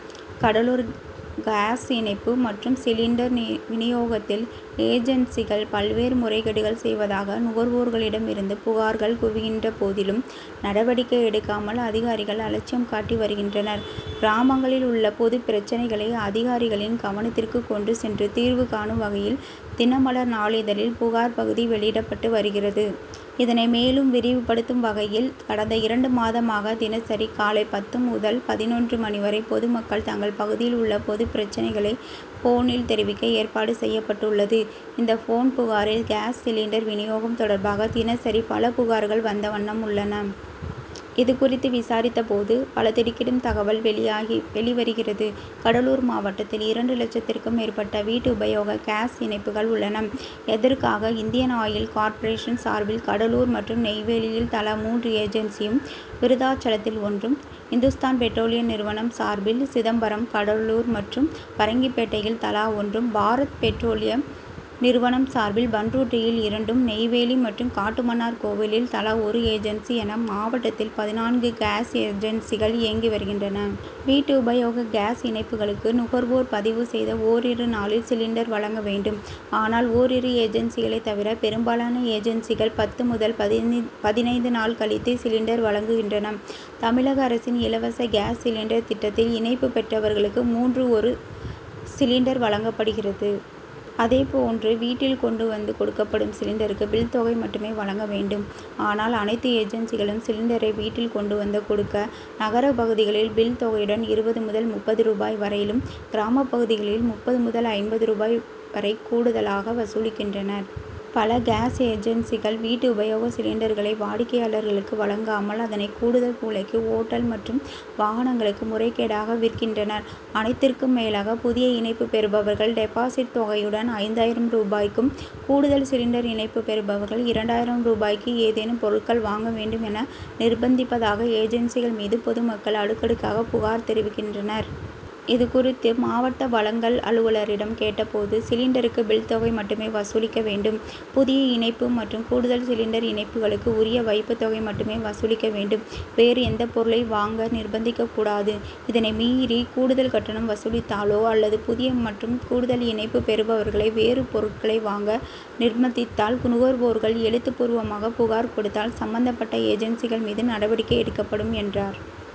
Cuddalore gas இணைப்பு மற்றும் cylinder வினியோகத்தில் ஏஜன்சிகள் பல்வேறு முறைகேடுகள் செய்வதாக நுகர்வோர்களிடம் இருந்து புகார்கள் குவிகின்ற போதிலும், நடவடிக்கை எடுக்காமல் அதிகாரிகள் அலட்சியம் காட்டி வருகின்றனர். கிராமங்களில் உள்ள பொதுப் பிரச்னைகளை அதிகாரிகளின் கவனத்திற்கு கொண்டு சென்று, தீர்வு காணும் வகையில் தினமலர் நாளிதழில் புகார் பகுதி வெளியிடப்பட்டு வருகிறது. இதனை மேலும் விரிவுப்படுத்தும் வகையில் கடந்த இரண்டு மாதமாக தினசரி காலை பத்து முதல் பதினொன்று மணி வரை பொதுமக்கள் தங்கள் பகுதியில் உள்ள பொதுப் பிரச்னைகளை போனில் தெரிவிக்க ஏற்பாடு செய் யப்பட்டுள்ளது. இந்த போன் புகாரில் காஸ் சிலிண்டர் வினியோகம் தொடர்பாக தினசரி பல புகார்கள் வந்த வண்ணம் உள்ளன. இதுகுறித்து விசாரித்தபோது பல திடுக்கிடும் தகவல் வெளி வருகிறது. கடலூர் மாவட்டத்தில் இரண்டு லட்சத்திற்கும் மேற்பட்ட வீட்டு உபயோக காஸ் இணைப்புகள் உள்ளன. இதற்காக இந்தியன் ஆயில் கார்பரேஷன் சார்பில் கடலூர் மற்றும் நெய்வேலியில் தலா மூன்று ஏஜன்சியும், விருத் தாசலத்தில் ஒன்றும், இந் துஸ்தான் பெட்ரோலிய நிறுவனம் சார்பில் சிதம்பரம், கடலூர் மற்றும் பரங்கிப்பேட்டையில் தலா ஒன்றும், பாரத் பெட்ரோலிய நிறுவனம் சார்பில் பண்ருட்டியில் இரண்டும், நெய்வேலி மற்றும் காட்டுமன்னார் கோவிலில் தலா ஒரு ஏஜன்சி என மாவட்டத்தில் பதினான்கு காஸ் ஏஜன்சிகள் இயங்கி வருகின்றன. வீட்டு உபயோக காஸ் இணைப்புகளுக்கு நுகர் வோர் பதிவு செய்த ஓரிரு நாளில் சிலிண்டர் வழங்க வேண்டும். ஆனால் ஓரிரு ஏஜன்சிகளைத் தவிர பெரும்பாலான ஏஜன்சிகள் பத்து முதல் பதினைந்து நாள் கழித்தே சிலிண்டர் வழங்குகின்றன. தமிழக அரசின் இலவச காஸ் சிலிண்டர் திட்டத்தில் இணைப்பு பெற்றவர்களுக்கு மூன்று ஒரு சிலிண்டர் வழங்கப்படுகிறது. அதேப்போன்று வீட்டில் கொண்டு வந்து கொடுக்கப்படும் சிலிண்டருக்கு பில்' தொகை மட்டுமே வழங்க வேண்டும். ஆனால் அனைத்து ஏஜன்சிகளும் சிலிண்டரை வீட்டில் கொண்டு வந்த கொடுக்க நகர பகுதிகளில் பில் தொகையுடன் இருபது முதல் முப்பது ரூபாய் வரையிலும், கிராமப் பகுதிகளில் முப்பது முதல் ஐம்பது ரூபாய் வரை கூடுதலாக வசூலிக்கின்றனர். பல காஸ் ஏஜன்சிகள் வீட்டு உபயோக சிலிண்டர்களை வாடிக்கையாளர்களுக்கு வழங்காமல், அதனை கூடுதல் விலைக்கு ஓட்டல் மற்றும் வாகனங்களுக்கு முறைகேடாக விற்கின்றனர். அனைத்திற்கும் மேலாக புதிய இணைப்பு பெறுபவர்கள் டெபாசிட் தொகையுடன், ஐந்தாயிரம் ரூபாயக்கும், கூடுதல் சிலிண்டர் இணைப்பு பெறுபவர்கள் இரண்டாயிரம் ரூபாய்க்கு ஏதேனும் பொருட்கள் வாங்க வேண்டும் என நிர்பந்திப்பதாக ஏஜன்சிகள் மீது பொதுமக்கள் அடுக்கடுக்காக புகார் தெரிவிக்கின்றனர். இதுகுறித்து மாவட்ட வழங்கல் அலுவலரிடம் கேட்டபோது, சிலிண்டருக்கு பில் தொகை மட்டுமே வசூலிக்க வேண்டும். புதிய இணைப்பு மற்றும் கூடுதல் சிலிணடர் இணைப்பு களுக்கு உரிய வைப்புத்தொகை மட்டுமே வசூலிக்க வேண்டும். வேறு எந்தபொருளையும் வாங்க நிர்பந்திக்கக்கூடாது. இதனை மீறி கூடுதல் கட்டணம் வசூலித்தாலோ அல்லது புதிய மற்றும் கூடுதல் இணைப்பு பெறுபவர்களை வேறு பொருட்களை வாங்க நிர்பந்தித்தால் நுகர்வோர்கள் எழுத்து பூர்வமாக புகார் கொடுத்தால் சம்மந்தப் பட்ட ஏஜன்சிகள் மீது நடவடிக்கை எடுக்கப்படும் என்றார்.